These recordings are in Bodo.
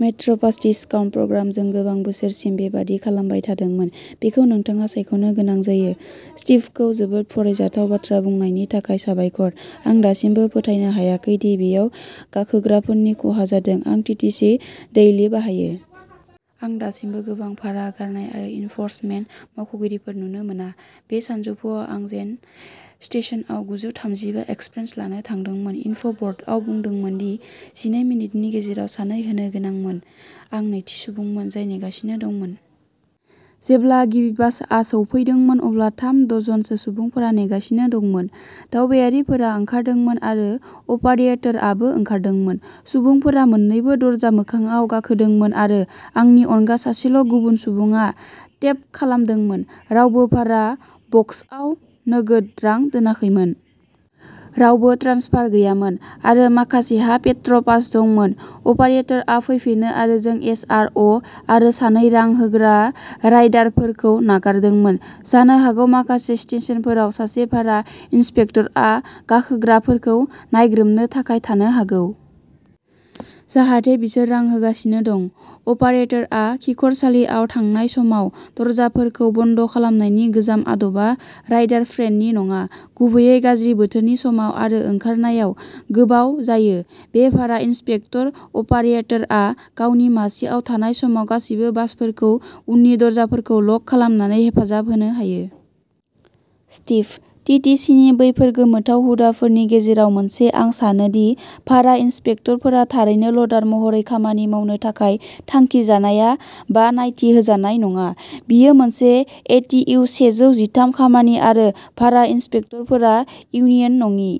मेट्र' पास डिस्काउन्ट प्रग्रामजों गोबां बोसोरसिम बेबादि खालामबाय थादोंमोन। बेखौ नोंथाङा सायख'नो गोनां जायो। स्टिभखौ जोबोद फरायजाथाव बाथ्रा बुंनायनि थाखाय साबायखर। आं दासिमबो फोथायनो हायाखै दि बेयाव गाखोग्राफोरनि खहा जादों। आं टिटिसि डेइलि बाहायो। आं दासिमबो गोबां भारा गारनाय आरो एनफरसमेन्ट मावख'गिरिफोर नुनो मोना। बे सानजौफुआव आं जेन स्टेशनआव गुजौ थामजिबा एक्सप्रेस लानो थांदोंमोन। इनफ' बर्डआ बुंदोंमोन दि जिनै मिनिटनि गेजेराव सानै होनो गोनांमोन। आं नैथि सुबुंमोन जाय नेगासिनो दंमोन। जेब्ला गिबि बासआ सौफैदोंमोन अब्ला थाम दजनसो सुबुंफोरा नेगासिनो दंमोन। दावबायारिफोरा ओंखारदोंमोन आरो अपारियेटरआबो ओंखारदोंमोन। सुबुंफोरा मोननैबो दरजा मोखांआव गाखोदोंमोन आरो आंनि अनगा सासेल' गुबुन सुबुङा टेप खालामदोंमोन। रावबो भारा बक्सआव नोगोद रां दोनाखैमोन। रावबो ट्रान्सफार गैयामोन। आरो माखासेहा मेट्र' पास दंमोन। अपारेटरआ फैफिनो आरो जों एस आर अ' आरो सानै रां होग्रा राइडारफोरखौ नागारदोंमोन। जानो हागौ माखासे स्टेशनफोराव सासे भारा इन्सपेक्टरआ गाखोग्राफोरखौ नायग्रोमनो थाखाय थानो हागौ। जाहाथे बिसोर रां होगासिनो दं। अपारेटरआ खिखरसालियाव थांनाय समाव दरजाफोरखौ बन्द खालामनायनि गोजाम आदबा राइडार फ्रेन्डलि नङा। गुबैयै गाज्रि बोथोरनि समाव आरो ओंखारनायाव गोबाव जायो। बे भारा इन्सपेक्टर अपारियेटरआ गावनि मासिआव थानाय समाव गासैबो बासफोरखौ उननि दरजाफोरखौ ल'क खालामनानै हेफाजाब होनो हायो। स्टीभ: टि टि सि नि बैफोर गोमोथाव हुदाफोरनि गेजेराव मोनसे आं सानो दि भारा इन्सपेक्टरफोरा थारैनो ल'डार महरै खामानि मावनो थाखाय थांखिजानाया बा नायथि होजानाय नङा। बेयो मोनसे ए टि इउ सेजौ जिथाम खामानि आरो भारा इन्सपेक्टरफोरा इउनियन नङि।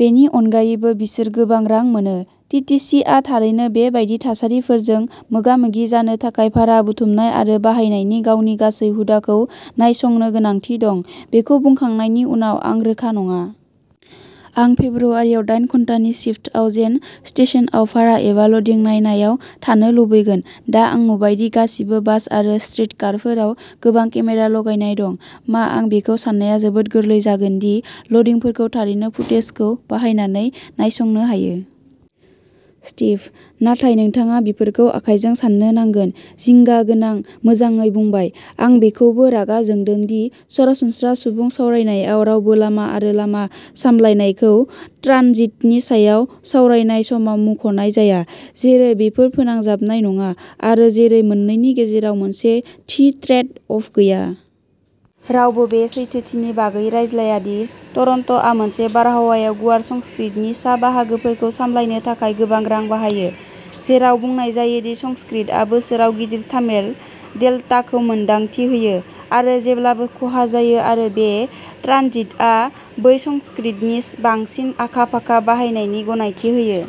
बेनि अनगायैबो बिसोर गोबां रां मोनो। टि टि सि आ थारैनो बे बायदि थासारिफोरजों मोगा-मोगि जानो थाखाय भारा बुथुमनाय आरो बाहायनायनि गावनि गासै हुदाखौ नायसंनो गोनांथि दं। बेखौ बुंखांनायनि उनाव आं रोखा नङा। आं फेब्रुवारियाव दाइन घन्टानि सिफ्टआव जेन स्टेशनआव भारा एबा ल'डिं नायनायाव थानो लुबैगोन। दा आं नुबाय दि गासिबो बास आरो स्ट्रिटकारफोराव गोबां केमेरा लागायनाय दं। मा आं बेखौ साननाया जोबोद गोरलै जागोन दि ल'डिंफोरखौ थारैनो फुटेजखौ बाहायनानै नायसंनो हायो। स्टीभः नाथाय नोंथाङा बेफोरखौ आखाइजों साननो नांगोन। जिंगा गोनां। मोजाङै बुंबाय। आं बेखौबो रागा जोंदों दि सरासनस्रा सुबुं सावरायनायाव रावबो लामा आरो लामा सामलायनायखौ ट्रानजिटनि सायाव सावरायनाय समाव मुंख'नाय जाया। जेरै बेफोर फोनांजाबनाय नङा आरो जेरै मोननैनि गेजेराव मोनसे थि ट्रेड अफ गैया। रावबो बे सैथोथिनि बागै रायज्लाया दि टरन्ट'आ मोनसे बारहावायाव गुवार कंक्रिटनि सा बाहागोफोरखौ सामलायनो थाखाय गोबां रां बाहायो। जेराव बुंनाय जायो दि संस्कृटआ बोसोराव गिदिर थार्मेल डेल्टाखौ मोन्दांथि होयो आरो जेब्लाबो खहा जायो आरो बै ट्रानजिटआ बै संस्कृटनि बांसिन आखा-फाखा बाहायनायनि गनायथि होयो।